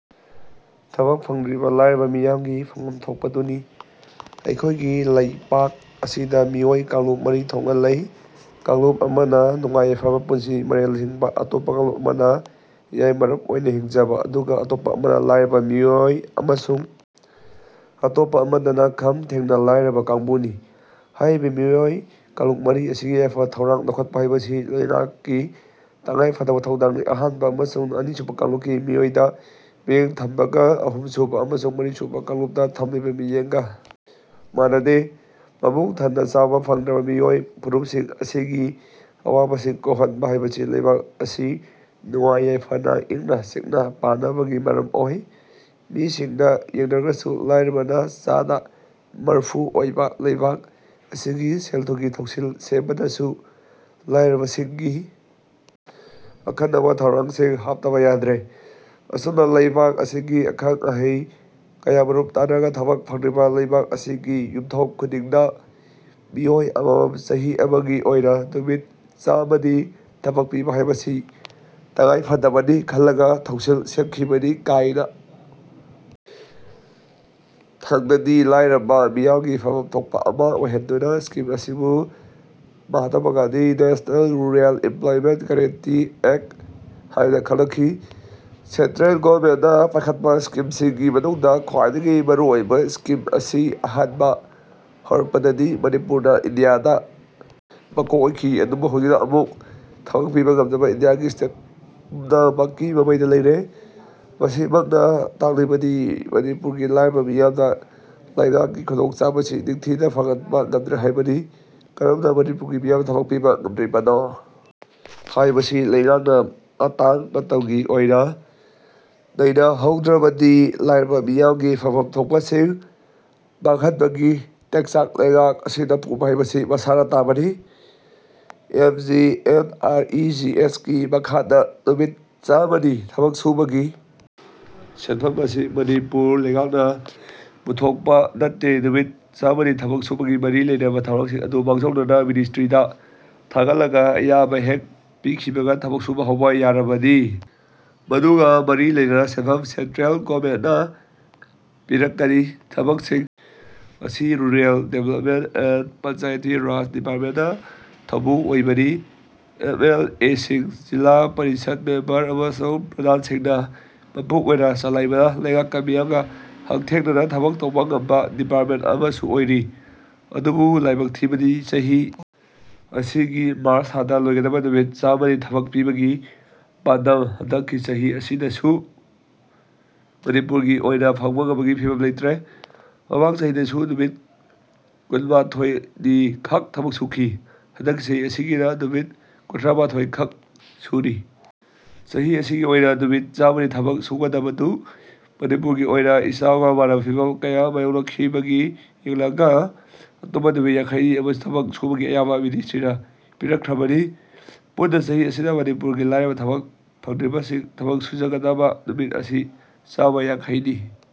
ꯊꯕꯛ ꯐꯪꯗ꯭ꯔꯤꯕ ꯂꯥꯏꯔꯕ ꯃꯤꯌꯥꯝꯒꯤ ꯐꯪꯐꯝ ꯊꯣꯛꯄꯗꯨꯅꯤ ꯑꯩꯈꯣꯏꯒꯤ ꯂꯩꯕꯥꯛ ꯑꯁꯤꯗ ꯃꯤꯑꯣꯏ ꯀꯥꯡꯂꯨꯞ ꯃꯔꯤ ꯊꯣꯛꯅ ꯂꯩ꯫ ꯀꯥꯡꯂꯨꯞ ꯑꯃꯅ ꯅꯨꯡꯉꯥꯏ ꯌꯥꯏꯐꯕ ꯄꯨꯟꯁꯤ ꯃꯔꯦꯜꯗ ꯍꯤꯡꯕ, ꯑꯇꯣꯞꯄ ꯀꯥꯡꯂꯨꯞ ꯑꯃꯅ ꯌꯥꯏꯃꯔꯞ ꯑꯣꯏꯅ ꯍꯤꯡꯖꯕ, ꯑꯗꯨꯒ ꯑꯇꯣꯞꯄ ꯑꯃꯅ ꯂꯥꯏꯔꯕ ꯃꯤꯑꯣꯏ ꯑꯃꯁꯨꯡ ꯑꯇꯣꯞꯄ ꯑꯃꯗꯅ ꯈꯝ ꯊꯦꯡꯅ ꯂꯥꯏꯔꯕ ꯀꯥꯡꯕꯨꯅꯤ꯫ ꯍꯥꯏꯔꯤꯕ ꯃꯤꯑꯣꯏ ꯀꯥꯡꯂꯨꯞ ꯃꯔꯤ ꯑꯁꯤꯒꯤ ꯌꯥꯏꯐ ꯊꯧꯔꯥꯡ ꯂꯧꯈꯠꯄ ꯍꯥꯏꯕꯁꯤ ꯂꯩꯉꯥꯛꯀꯤ ꯇꯉꯥꯏ ꯐꯗꯕ ꯊꯧꯗꯥꯡꯅꯤ꯫ ꯑꯍꯥꯟꯕ ꯑꯃꯁꯨꯡ ꯑꯅꯤꯁꯨꯕ ꯀꯥꯡꯂꯨꯞꯀꯤ ꯃꯤꯑꯣꯏꯗ ꯃꯤꯠꯌꯦꯡ ꯊꯝꯕꯒ ꯑꯍꯨꯝ ꯁꯨꯕ ꯑꯃꯁꯨꯡ ꯃꯔꯤꯁꯨꯕ ꯀꯥꯡꯂꯨꯞꯇ ꯊꯝꯂꯤꯕ ꯃꯤꯠꯌꯦꯡꯒ ꯃꯥꯟꯅꯗꯦ꯫ ꯃꯕꯨꯛ ꯊꯅꯅ ꯆꯥꯕ ꯐꯪꯗ꯭ꯔꯕ ꯃꯤꯑꯣꯏ ꯐꯨꯔꯨꯞꯁꯤꯡ ꯑꯁꯤꯒꯤ ꯑꯋꯥꯕꯁꯤꯡ ꯀꯣꯛꯍꯟꯕ ꯍꯥꯏꯕꯁꯤ ꯂꯩꯕꯥꯛ ꯑꯁꯤ ꯅꯨꯡꯉꯥꯏ ꯌꯥꯏꯐꯅ, ꯏꯪꯅ ꯆꯤꯛꯅ ꯄꯥꯟꯅꯕꯒꯤ ꯃꯔꯝ ꯑꯣꯏ꯫ ꯃꯤꯁꯤꯡꯗ ꯌꯦꯡꯅꯔꯒꯁꯨ ꯂꯥꯏꯔꯕꯅ ꯆꯥꯗ ꯃꯔꯐꯨ ꯑꯣꯏꯕ ꯂꯩꯕꯥꯛ ꯑꯁꯤꯒꯤ ꯁꯦꯜ ꯊꯨꯝꯒꯤ ꯊꯧꯁꯤꯜ ꯁꯦꯝꯕꯗꯁꯨ ꯂꯥꯏꯔꯕꯁꯤꯡꯒꯤ ꯑꯈꯟꯅꯕ ꯊꯧꯔꯥꯡꯁꯤꯡ ꯍꯥꯞꯇꯕ ꯌꯥꯗ꯭ꯔꯦ꯫ ꯑꯁꯨꯝꯅ ꯂꯩꯕꯥꯛ ꯑꯁꯤꯒꯤ ꯑꯈꯪ ꯑꯍꯩ ꯀꯌꯥꯃꯔꯨꯝ ꯇꯥꯟꯅꯔꯒ ꯊꯕꯛ ꯐꯪꯗ꯭ꯔꯤꯕ ꯂꯩꯕꯥꯛ ꯑꯁꯤꯒꯤ ꯌꯨꯝꯊꯣꯡ ꯈꯨꯗꯤꯡꯗ ꯃꯤꯑꯣꯏ ꯑꯃꯃꯝ ꯆꯍꯤ ꯑꯃꯒꯤ ꯑꯣꯏꯅ ꯅꯨꯃꯤꯠ ꯆꯥꯝꯃꯅꯤ ꯊꯕꯛ ꯄꯤꯕ ꯍꯥꯏꯕꯁꯤ ꯇꯉꯥꯏ ꯐꯗꯕꯅꯤ ꯈꯜꯂꯒ ꯊꯧꯁꯤꯜ ꯁꯦꯝꯈꯤꯕꯅꯤ꯫ ꯀꯥꯏꯅ ꯊꯪꯗꯗꯤ ꯂꯥꯏꯔꯕ ꯃꯤꯌꯥꯝꯒꯤ ꯐꯪꯐꯝ ꯊꯣꯛꯄ ꯑꯃ ꯑꯣꯏꯍꯟꯗꯨꯅ ꯁ꯭ꯀꯤꯝ ꯑꯁꯤꯕꯨ Mahatma Gandhi National Rural Employment Guarantee Act ꯍꯥꯏꯅ ꯈꯪꯅꯈꯤ꯫ ꯁꯦꯟꯇ꯭ꯔꯦꯜ ꯒꯚꯔꯟꯃꯦꯟꯠꯅ ꯄꯥꯏꯈꯠꯄ ꯁ꯭ꯀꯤꯝꯁꯤꯡꯒꯤ ꯃꯅꯨꯡꯗ ꯈ꯭ꯋꯥꯏꯗꯒꯤ ꯃꯔꯨ ꯑꯣꯏꯕ ꯁ꯭ꯀꯤꯝ ꯑꯁꯤ ꯑꯍꯥꯟꯕ ꯍꯧꯔꯛ ꯄꯗꯗꯤ ꯃꯅꯤꯄꯨꯔꯅ ꯏꯟꯗꯤꯌꯥꯗ ꯃꯀꯣꯛ ꯑꯣꯏꯈꯤ꯫ ꯑꯗꯨꯕꯨ ꯍꯧꯖꯤꯛꯅ ꯑꯃꯨꯛ ꯊꯕꯛ ꯄꯤꯕ ꯉꯝꯗꯕ ꯏꯟꯗꯤꯌꯥꯒꯤ ꯁ꯭ꯇꯦꯠ ꯄꯨꯝꯅ ꯃꯛꯀꯤ ꯃꯃꯩꯗ ꯂꯩꯔꯦ꯫ ꯃꯁꯤ ꯃꯛꯅ ꯇꯥꯛꯂꯤꯕꯗꯤ ꯃꯅꯤꯄꯨꯔꯒꯤ ꯂꯥꯏꯔꯕ ꯃꯤꯌꯥꯝꯗ ꯂꯩꯉꯥꯛꯀꯤ ꯈꯨꯗꯣꯡ ꯆꯥꯕꯁꯤ ꯅꯤꯡꯊꯤꯅ ꯐꯪꯍꯟꯕ ꯉꯝꯗ꯭ꯔꯦ ꯍꯥꯏꯕꯅꯤ꯫ ꯀꯔꯝꯅ ꯃꯅꯤꯄꯨꯔꯒꯤ ꯃꯤꯌꯥꯝꯗ ꯊꯕꯛ ꯄꯤꯕ ꯉꯝꯗ꯭ꯔꯤꯕꯅꯣ ꯍꯥꯏꯕꯁꯤ ꯂꯩꯉꯥꯛꯅ ꯃꯇꯥꯡ ꯃꯇꯝꯒꯤ ꯑꯣꯏꯅ ꯅꯩꯅ ꯍꯧ ꯗ꯭ꯔꯕꯗꯤ ꯂꯥꯏꯔꯕ ꯃꯤꯌꯥꯝꯒꯤ ꯐꯪꯐꯝ ꯊꯣꯛꯄꯁꯤꯡ ꯃꯥꯡꯍꯟꯕꯒꯤ ꯇꯦꯛꯆꯥꯛ ꯂꯩꯉꯥꯛ ꯑꯁꯤꯅ ꯄꯨꯕ ꯍꯥꯏꯕꯁꯤ ꯃꯁꯥꯅ ꯇꯥꯕꯅꯤ꯫ M G N R E G ꯑꯦꯁꯒꯤ ꯃꯈꯥꯗ ꯅꯨꯃꯤꯠ ꯆꯥꯃ ꯅꯤ ꯊꯕꯛ ꯁꯨꯕꯒꯤ ꯁꯦꯟꯐꯝ ꯑꯁꯤ ꯃꯅꯤꯄꯨꯔ ꯂꯩꯉꯥꯛꯅ ꯄꯨꯊꯣꯛꯄ ꯅꯠꯇꯦ꯫ ꯅꯨꯃꯤꯠ ꯆꯥꯃ ꯅꯤ ꯊꯕꯛ ꯁꯨꯕꯒ ꯃꯔꯤ ꯂꯩꯅꯕ ꯊꯧꯔꯥꯡꯁꯤꯡ ꯑꯗꯨ ꯃꯥꯡꯖꯧꯅꯅ ꯃꯤꯅꯤꯁ꯭ꯇ꯭ꯔꯤꯗ ꯊꯥꯒꯠꯂꯒ ꯑꯌꯥꯕ ꯍꯦꯛ ꯄꯤꯈꯤꯕꯒ ꯊꯕꯛ ꯁꯨꯕ ꯍꯧꯕ ꯌꯥꯔꯕꯅꯤ꯫ ꯃꯗꯨꯒ ꯃꯔꯤ ꯂꯩꯅꯕ ꯁꯦꯟꯐꯝ ꯁꯦꯟꯇ꯭ꯔꯦꯜ ꯒꯚꯔꯟꯃꯦꯟꯠꯅ ꯄꯤꯔꯛꯀꯅꯤ꯫ ꯊꯕꯛꯁꯤꯡ ꯑꯁꯤ rural development and Panchayati Raj ꯗꯤꯄꯥꯔꯃꯦꯟꯠꯅ ꯊꯧꯕꯨ ꯑꯣꯏꯕꯅꯤ꯫ ꯑꯦꯝ ꯑꯦꯜ ꯑꯦꯁꯤꯡ, ꯖꯤꯜꯂꯥ ꯄꯔꯤꯁꯗ ꯃꯦꯝꯕꯔ ꯑꯃꯁꯨꯡ ꯄ꯭ꯔꯙꯥꯟꯁꯤꯡꯅ ꯃꯄꯨꯡ ꯑꯣꯏꯅ ꯆꯂꯥꯏꯕꯅ ꯂꯩꯉꯥꯛꯀ ꯃꯤꯌꯥꯝꯒ ꯍꯛꯊꯦꯡꯅꯅ ꯊꯕꯛ ꯇꯧꯕ ꯉꯝꯕ ꯗꯤꯄꯥꯔꯠꯃꯦꯟꯠ ꯑꯃꯁꯨ ꯑꯣꯏꯔꯤ꯫ ꯑꯗꯨꯕꯨ ꯂꯥꯏꯕꯛ ꯊꯤꯕꯗꯤ ꯆꯍꯤ ꯑꯁꯤꯒꯤ ꯃꯥꯔꯆ ꯊꯥꯗ ꯂꯣꯏꯒꯗꯕ ꯅꯨꯃꯤꯠ ꯆꯥꯃꯅꯤ ꯊꯕꯛ ꯄꯤꯕꯒꯤ ꯄꯥꯟꯗꯝ ꯍꯟꯗꯛꯀꯤ ꯆꯍꯤ ꯑꯁꯤꯗꯁꯨ ꯃꯅꯤꯄꯨꯔꯒꯤ ꯑꯣꯏꯅ ꯐꯪꯕ ꯉꯝꯕꯒꯤ ꯐꯤꯚꯝ ꯂꯩꯇꯔꯦ꯫ ꯃꯃꯥꯡ ꯆꯍꯤꯗꯁꯨ ꯅꯨꯃꯤꯠ ꯀꯨꯟꯃꯊꫭꯏ ꯅꯤ ꯈꯛ ꯊꯕꯛ ꯁꯨꯈꯤ꯫ ꯍꯟꯗꯛꯀꯤ ꯆꯍꯤ ꯑꯁꯤꯒꯤꯅ ꯅꯨꯃꯤꯠ ꯀꯨꯟꯊ꯭ꯔꯥꯃꯊꫭꯏ ꯈꯛ ꯁꯨꯔꯤ꯫ ꯆꯍꯤ ꯑꯁꯤꯒꯤ ꯑꯣꯏꯅ ꯅꯨꯃꯤꯠ ꯆꯥꯃ ꯅꯤ ꯊꯕꯛ ꯁꯨꯒꯗꯕꯗꯨ ꯃꯅꯤꯄꯨꯔꯒꯤ ꯑꯣꯏꯅ ꯏꯆꯥꯎꯒ ꯃꯥꯟꯅꯕ ꯐꯤꯚꯝ ꯑꯃ ꯃꯥꯌꯣꯛꯅ ꯈꯤꯕꯒꯤ ꯌꯦꯡꯂꯒ ꯑꯇꯣꯞꯄ ꯅꯨꯃꯤꯠ ꯌꯥꯡꯈꯩ ꯅꯤ ꯑꯃꯁꯨ ꯊꯕꯛ ꯁꯨꯕꯒꯤ ꯑꯌꯥꯕ ꯃꯤꯅꯤꯁ꯭ꯇ꯭ꯔꯤꯅ ꯄꯤꯔꯛ ꯈ꯭ꯔꯕꯅꯤ꯫ ꯄꯨꯟꯅ ꯆꯍꯤ ꯑꯁꯤꯗ ꯃꯅꯤꯄꯨꯔꯒꯤ ꯂꯥꯏꯔꯕ ꯊꯕꯛ ꯐꯪꯗ꯭ꯔꯤꯕꯁꯤꯡ ꯊꯕꯛ ꯁꯨꯖꯒꯗꯕ ꯅꯨꯃꯤꯠ ꯑꯁꯤ ꯆꯥꯃ ꯌꯥꯡꯈꯩ ꯅꯤ꯫